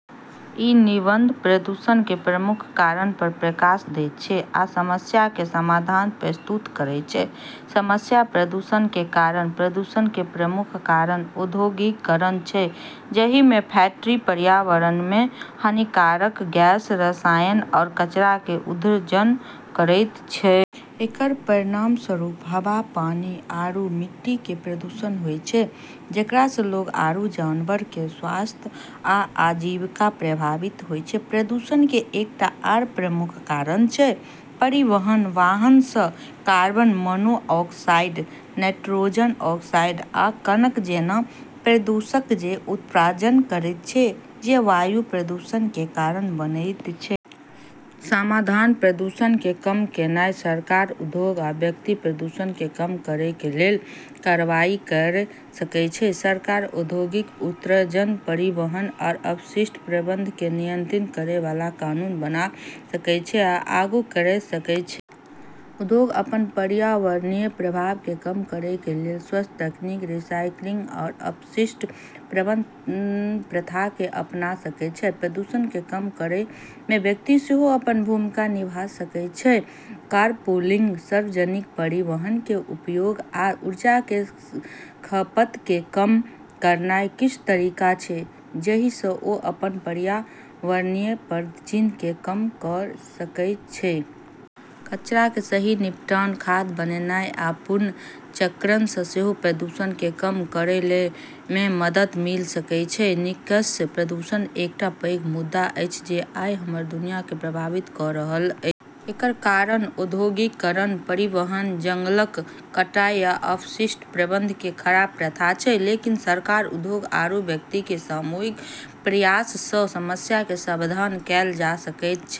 ई निबंध प्रदूषण के प्रमुख कारण पर प्रकाश दैत छै आ समस्याक समाधान प्रस्तुत करै छै। समस्या: प्रदूषण के कारण:- प्रदूषण के प्रमुख कारण औद्योगीकरण छै, जहि में फैक्ट्री पर्यावरण में हानिकारक गैस, रसायन आ कचरा के उत्सर्जन करैत छै। एकर परिणामस्वरूप हवा, पानी आरू मिट्टी के प्रदूषण होय छै, जेकरा सँ लोग आरू जानवर के स्वास्थ्य आ आजीविका प्रभावित होय छै। प्रदूषण के एकटा आर प्रमुख कारण छै परिवहन। वाहन सँ कार्बन मोनोऑक्साइड, नाइट्रोजन ऑक्साइड, आ कणक जैना प्रदूषक के उत्सर्जन करैत छै, जे वायु प्रदूषण के कारण बनैत छै। समाधान: प्रदूषण के कम कयनाइ :- सरकार, उद्योग आ व्यक्ति प्रदूषण के कम करय के लेल कार्रवाई कयर सकय छै। सरकार औद्योगिक उत्सर्जन, परिवहन, आ अपशिष्ट प्रबंधन के नियंत्रित करय वाला कानून बना सकय छै आ लागू कयर सकय छै। उद्योग अपन पर्यावरणीय प्रभाव के कम करय के लेल स्वच्छ तकनीक, रीसाइक्लिंग आ अपशिष्ट प्रबंधन प्रथा के अपना सकैत छै। प्रदूषण के कम करय में व्यक्ति सेहो अपन भूमिका निभा सकय छै। कारपूलिंग, सार्वजनिक परिवहन के उपयोग, आ ऊर्जा के खपत के कम करनाय किछु तरीका छै जहि सँ ओ अपन पर्यावरणीय पदचिह्न के कम कयर सकय छै। कचरा के सही निपटान, खाद बनानाय, आ पुनर्चक्रण सँ सेहो प्रदूषण के कम करएय में मदद मिल सकय छै। निष्कर्ष:- प्रदूषण एकटा पैघ मुद्दा अछि जे आइ हमर दुनिया केँ प्रभावित कऽ रहल अछि। एकर कारण औद्योगीकरण, परिवहन, जंगलक कटाई, आ अपशिष्ट प्रबंधन के खराब प्रथा छै। लेकिन सरकार, उद्योग, आरू व्यक्ति के सामूहिक प्रयास सँ समस्या के समाधान कएल जा सकै छै।